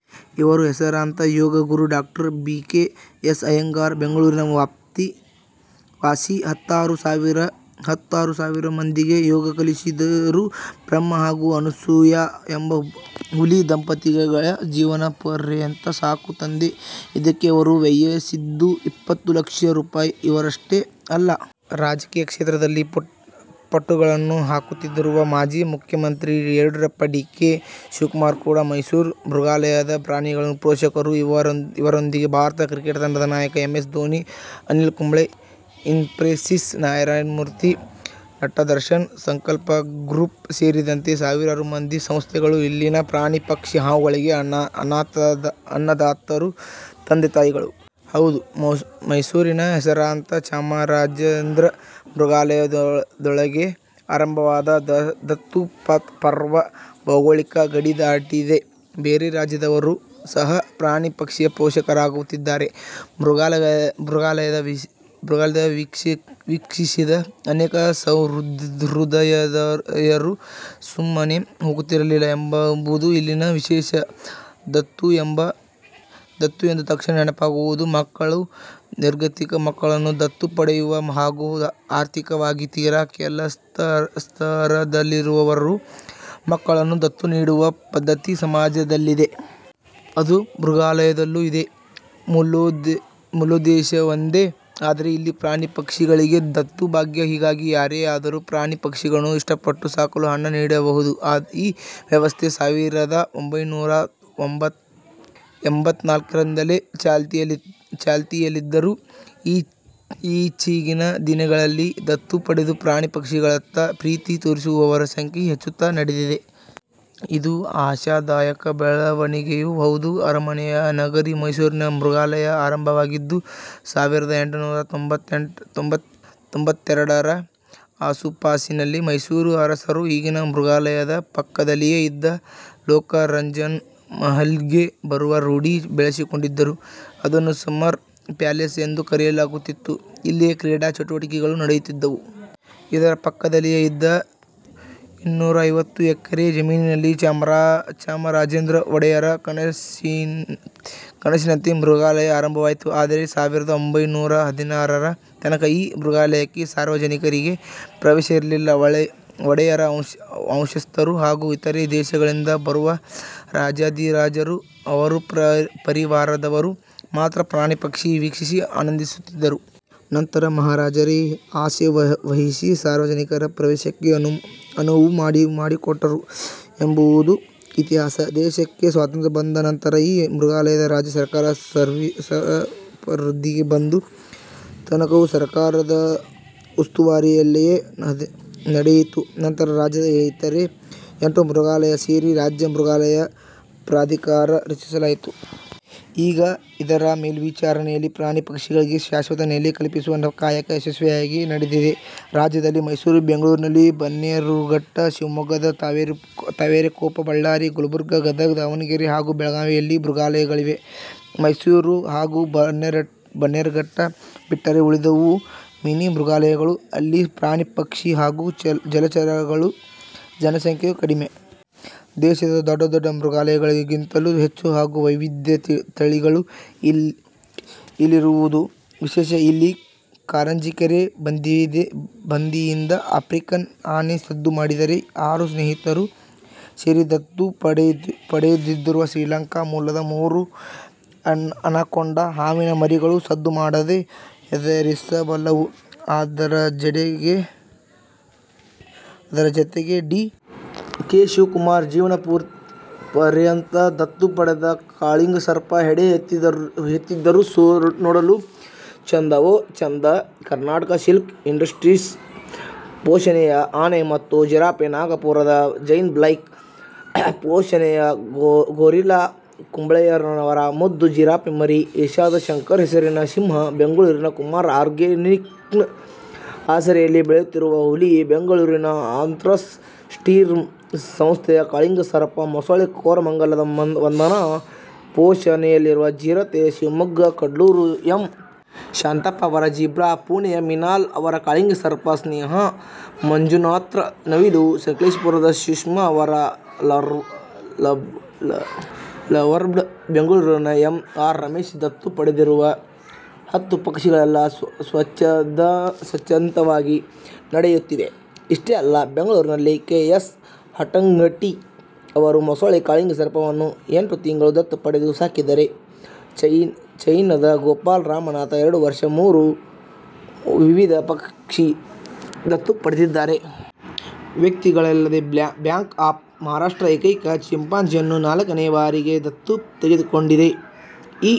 ಇವರು ಹೆಸರಾಂತ ಯೋಗ ಗುರು doctor B. K. S. Iyengar. Bengaluru ವಾಸಿ. ಹತ್ತಾರು ಸಾವಿರ ಮಂದಿಗೆ ಯೋಗ ಕಲಿಸಿದರೂ ಬ್ರಹ್ಮ ಹಾಗೂ ಅನಸೂಯಾ ಎಂಬ ಹುಲಿ ದಂಪತಿಯ ಜೀವನಪರ್ಯಂತ ಸಾಕು ತಂದೆ. ಇದಕ್ಕೆ ಅವರು ವ್ಯಯಿಸಿದ್ದು ಇಪ್ಪತ್ತು ಲಕ್ಷ ರೂಪಾಯ್ ಇವರಷ್ಟೇ ಅಲ್ಲ. ರಾಜಕೀಯ ಕ್ಷೇತ್ರದಲ್ಲಿ ಪಟ್ಟುಗಳನ್ನು ಹಾಕುತ್ತಿರುವ ಮಾಜಿ ಮುಖ್ಯಮಂತ್ರಿ ಯಡಿಯೂರಪ್ಪ, ಡಿ. ಕೆ. ಶಿವಕುಮಾರ್ ಕೂಡ ಮೈಸೂರು ಮೃಗಾಲಯದ ಪ್ರಾಣಿಗಳ ಪೋಷಕರು. ಇವರೊಂದಿಗೆ ಭಾರತ ಕ್ರಿಕೆಟ್ ತಂಡದ ನಾಯಕ ಎಂ. ಎಸ್. ದೋನಿ, ಅನಿಲ್ ಕುಂಬ್ಳೆ, ಇನ್ಫೋಸಿಸ್ ನಾರಾಯಣಮೂರ್ತಿ, ನಟ ದರ್ಶನ್, ಸಂಕಲ್ಪ ಗ್ರೂಪ್ ಸೇರಿದಂತೆ ಸಾವಿರಾರು ಮಂದಿ, ಸಂಸ್ಥೆಗಳು ಇಲ್ಲಿನ ಪ್ರಾಣಿ, ಪಕ್ಷಿ, ಹಾವುಗಳಿಗೆ ಅನ್ನದಾತರು, ತಂದೆ-ತಾಯಿಗಳು. ಹೌದು. ಮೈಸೂರಿನ ಹೆಸರಾಂತ ಚಾಮರಾಜೇಂದ್ರ ಮೃಗಾಲಯದೊಳಗೆ ಆರಂಭವಾದ ದತ್ತು ಪರ್ವ ಭೌಗೋಳಿಕ ಗಡಿ ದಾಟಿದೆ. ಬೇರೆ ರಾಜ್ಯದವರು ಸಹ ಪ್ರಾಣಿ, ಪಕ್ಷಿಯ ಪೋಷಕರಾಗುತ್ತಿದ್ದಾರೆ. ಮೃಗಾಲಯ ವೀಕ್ಷಿಸಿದ ಅನೇಕ ಸಹೃದಯರು ಸುಮ್ಮನೆ ಹೊರಹೋಗುತ್ತಿಲ್ಲ ಎಂಬುದು ಇಲ್ಲಿನ ವಿಶೇಷ. ದತ್ತು ಎಂದ ತಕ್ಷಣ ನೆನಪಾಗುವುದು ಮಕ್ಕಳು. ನಿರ್ಗತಿಕ ಮಕ್ಕಳನ್ನು ದತ್ತು ಪಡೆಯುವ ಹಾಗೂ ಆರ್ಥಿಕವಾಗಿ ತೀರಾ ಕೆಳಸ್ಥರದಲ್ಲಿರುವವರು ಮಕ್ಕಳನ್ನು ದತ್ತು ನೀಡುವ ಪದ್ಧತಿ ಸಮಾಜದಲ್ಲಿದೆ. ಅದು ಮೃಗಾಲಯದಲ್ಲೂ ಇದೆ. ಮೂಲೋದ್ದೇಶ ಒಂದೇ. ಆದರೆ ಇಲ್ಲಿ ಪ್ರಾಣಿ ಪಕ್ಷಿಗಳಿಗೆ ದತ್ತು ಭಾಗ್ಯ. ಹೀಗಾಗಿ ಯಾರೇ ಆದರೂ ಪ್ರಾಣಿ ಪಕ್ಷಿಗಳನ್ನು ಇಷ್ಟಪಟ್ಟು ಸಾಕಲು ಹಣ ನೀಡಬಹುದು. ಈ ವ್ಯವಸ್ಥೆ ಸಾವಿರದ ಒಂಭೈನುರಾ ಎಂಭತ್ತ ನಾಲ್ಕರಿಂದಲೇ ಚಾಲ್ತಿಯಲ್ಲಿದ್ದರೂ ಈಚೆಗಿನ ದಿನಗಳಲ್ಲಿ ದತ್ತು ಪಡೆದು ಪ್ರಾಣಿ ಪಕ್ಷಿಗಳತ್ತ ಪ್ರೀತಿ ತೋರಿಸುತ್ತಿರುವವರ ಸಂಖ್ಯೆ ಹೆಚ್ಚುತ್ತ ನಡೆದಿದೆ. ಇದು ಆಶಾದಾಯಕ ಬೆಳವಣಿಯೂ ಹೌದು. ಅರಮನೆ ನಗರಿ ಮೈಸೂರಲ್ಲಿ ಮೃಗಾಲಯ ಆರಂಭವಾಗಿದ್ದು ಸಾವಿರದ ಎಂಟುನೂರ ತೊಂಭತ್ತೆರಡರ ಆಸುಪಾಸಿನಲ್ಲಿ ಮೈಸೂರು ಅರಸರು ಈಗಿನ ಮೃಗಾಲಯದ ಪಕ್ಕದಲ್ಲಿಯೇ ಇದ್ದ ಲೋಕರಂಜನ್ ಮಹಲ್ಗೆ ಬರುವ ರೂಢಿ ಬೆಳೆಸಿಕೊಂಡಿದ್ದರು. ಅದನ್ನು ಸಮರ್ ಪ್ಯಾಲೇಸ್ ಎಂದೂ ಕರೆಯಲಾಗುತ್ತಿತ್ತು. ಇಲ್ಲಿಯೇ ಕ್ರೀಡಾ ಚಟುವಟಿಕೆಗಳೂ ನಡೆಯುತ್ತಿದ್ದವು. ಇದರ ಪಕ್ಕದಲ್ಲಿಯೇ ಇದ್ದ ಇನ್ನೂರೈವತ್ತು ಎಕರೆ ಜಮೀನಿನಲ್ಲಿ ಚಾಮರಾಜೇಂದ್ರ ಒಡೆಯರ ಕನಸಿನಂತೆ ಮೃಗಾಲಯ ಆರಂಭವಾಯಿತು. ಆದರೆ ಸಾವಿರದ ಒಂಭೈನೂರ ಹದಿನಾರರ ತನಕ ಈ ಮೃಗಾಲಯಕ್ಕೆ ಸಾರ್ವಜನಿಕರಿಗೆ ಪ್ರವೇಶ ಇರಲಿಲ್ಲ. ಒಡೆಯರ ವಂಶಸ್ಥರು ಹಾಗೂ ಇತರೆ ದೇಶಗಳಿಂದ ಬರುವ ರಾಜಾಧಿರಾಜರು, ಅವರ ಪರಿವಾರದವರು ಮಾತ್ರ ಪ್ರಾಣಿ ಪಕ್ಷಿ ವೀಕ್ಷಿಸಿ ಆನಂದಿಸುತ್ತಿದ್ದರು. ನಂತರ ಮಹಾರಾಜರೇ ಆಸ್ಥೆ ವಹಿಸಿ ಸಾರ್ವಜನಿಕರ ಪ್ರವೇಶಕ್ಕೆ ಅನುವು ಮಾಡಿಕೊಟ್ಟರು ಎಂಬುದು ಇತಿಹಾಸ. ದೇಶಕ್ಕೆ ಸ್ವಾತಂತ್ರ್ಯ ಬಂದ ನಂತರ ಈ ಮೃಗಾಲಯ ರಾಜ್ಯ ಸರ್ಕಾರದ ಸುಪರ್ದಿಗೆ ಬಂತು. ತನಕವೂ ಸರ್ಕಾರದ ಉಸ್ತುವಾರಿಯಲ್ಲಿಯೇ ನಡೆಯಿತು. ನಂತರ ರಾಜ್ಯದ ಇತರೇ ಎಂಟು ಮೃಗಾಲಯ ಸೇರಿಸಿ ರಾಜ್ಯ ಮೃಗಾಲಯ ಪ್ರಾಧಿಕಾರ ರಚಿಸಲಾಯಿತು. ಈಗ ಇದರ ಮೇಲ್ವಿಚಾರಣೆಯಲ್ಲಿ ಪ್ರಾಣಿ ಪಕ್ಷಿಗಳಿಗೆ ಶಾಶ್ವತ ನೆಲೆ ಕಲ್ಪಿಸುವ ಕಾಯಕ ಯಶಸ್ವಿಯಾಗಿ ನಡೆದಿದೆ. ರಾಜ್ಯದಲ್ಲಿ ಮೈಸೂರು, ಬೆಂಗಳೂರಿನ ಬನ್ನೇರುಘಟ್ಟ, ಶಿವಮೊಗ್ಗದ ತಾವರೆಕೊಪ್ಪ, ಬಳ್ಳಾರಿ, ಗುಲ್ಬರ್ಗ, ಗದಗ, ದಾವಣಗೆರೆ ಹಾಗೂ ಬೆಳಗಾವಿಯಲ್ಲಿ ಮೃಗಾಲಯಗಳಿವೆ. ಮೈಸೂರು ಹಾಗೂ ಬನ್ನೇರುಘಟ್ಟ ಬಿಟ್ಟರೆ ಉಳಿದವು ಮಿನಿ ಮೃಗಾಲಯಗಳು. ಅಲ್ಲಿ ಪ್ರಾಣಿ-ಪಕ್ಷಿ ಹಾಗೂ ಜಲಚರಗಳ ಸಂಖ್ಯೆಯೂ ಕಡಿಮೆ. ದೇಶದ ದೊಡ್ಡ ದೊಡ್ಡ ಮೃಗಾಲಯಗಳಿಗಿಂತಲೂ ಹೆಚ್ಚು ಹಾಗೂ ವೈವಿಧ್ಯ ತಳಿಗಳು ಇಲ್ಲಿರುವುದು ವಿಶೇಷ. ಇಲ್ಲಿ ಕಾರಂಜಿ ಕೆರೆ ಬದಿಯಿಂದ ಆಫ್ರಿಕನ್ ಆನೆ ಸದ್ದು ಮಾಡಿದರೆ, ಆರು ಸ್ನೇಹಿತರು ಸೇರಿ ದತ್ತು ಪಡೆದಿರುವ ಶ್ರೀಲಂಕಾ ಮೂಲದ ಮೂರು ಅನಕೊಂಡಾ ಹಾವಿನ ಮರಿಗಳು ಸದ್ದು ಮಾಡದೇ ಹೆದರಿಸಬಲ್ಲವು. ಅದರ ಜತೆಗೆ ಡಿ. ಕೆ. ಶಿವಕುಮಾರ್ ಜೀವನಪರ್ಯಂತ ದತ್ತು ಪಡೆದ ಕಾಳಿಂಗಸರ್ಪ ಹೆಡೆ ಎತ್ತದಿದ್ದರೂ ನೋಡಲು ಚೆಂದವೋ ಚಂದ. ಕರ್ನಾಟಕ ಸಿಲ್ಕ್ ಇಂಡಸ್ಟ್ರೀಸ್ ಪೋಷಣೆಯ ಆನೆ ಮತ್ತು ಜಿರಾಫೆ, ನಾಗಪುರದ ಜೈನ್ ಕ್ಲಬ್ ಪೋಷಣೆಯ ಗೊರಿಲ್ಲಾ, ಕುಂಬ್ಳೆಯವರ ಮುದ್ದು ಜಿರಾಫೆ ಮರಿ, ಏಷ್ಯಾದ ಶಂಕರ ಹೆಸರಿನ ಸಿಂಹ, ಬೆಂಗಳೂರಿನ ಕುಮಾರ್ ಆರ್ಗ್ಯಾನಿಕ್ನ ಆಸರೆಯಲ್ಲಿ ಬೆಳೆಯುತ್ತಿರುವ ಹುಲಿ, ಬೆಂಗಳೂರಿನ ಅಂತ್ರಾಸ್ ಸಿಸ್ಟಂ ಸಂಸ್ಥೆಯ ಕಾಳಿಂಗಸರ್ಪ, ಮೊಸಳೆ, ಕೋರಮಂಗಲದ ವಂದನಾ ಪೋಷಣೆಯಲ್ಲಿರುವ ಚಿರತೆ, ಶಿವಮೊಗ್ಗ ಕುಡ್ಲೂರು ಎಂ. ಶಾಂತಪ್ಪ ಅವರ ಜೀಬ್ರಾ, ಪುಣೆಯ ಮಿನಾಲ್ ಅವರ ಕಾಳಿಂಗಸರ್ಪ, ಸ್ನೇಹಾ ಮಂಜುನಾಥ್ರ ನವಿಲು, ಸಕಲೇಶಪುರದ ಸುಷ್ಮಾ ಅವರ ಲವ್ಬರ್ಡ್, ಬೆಂಗಳೂರಿನ ಎಂ. ಆರ್. ರಮೇಶ್ ದತ್ತು ಪಡೆದಿರುವ ಹತ್ತು ಪಕ್ಷಿಗಳೆಲ್ಲ ಸ್ವಚ್ಛಂದವಾಗಿ ನಲಿಯುತ್ತಿವೆ. ಇಷ್ಟೇ ಅಲ್ಲ. ಬೆಂಗಳೂರಿನ ಕೆ. ಎಸ್. ಹಟ್ಟಂಗಡಿ ಅವರು ಮೊಸಳೆ, ಕಾಳಿಂಗಸರ್ಪವನ್ನು ಎಂಟು ತಿಂಗಳು ದತ್ತು ಪಡೆದು ಸಾಕಿದರೆ, ಚೆನೈನ ಗೋಪಾಲ ರಾಮನಾಥ್ ಎರಡು ವರ್ಷ ಮೂರು ವಿವಿಧ ಪಕ್ಷಿ ದತ್ತು ಪಡೆದಿದ್ದಾರೆ. ವ್ಯಕ್ತಿಗಳಲ್ಲದೇ ಬ್ಯಾಂಕ್ ಆಫ್ ಮಹಾರಾಷ್ಟ್ರ ಏಕೈಕ ಚಿಂಪಾಜಿಯನ್ನು ನಾಲ್ಕನೇ ಬಾರಿಗೆ ದತ್ತು ತೆಗೆದುಕೊಂಡಿದೆ.ಇ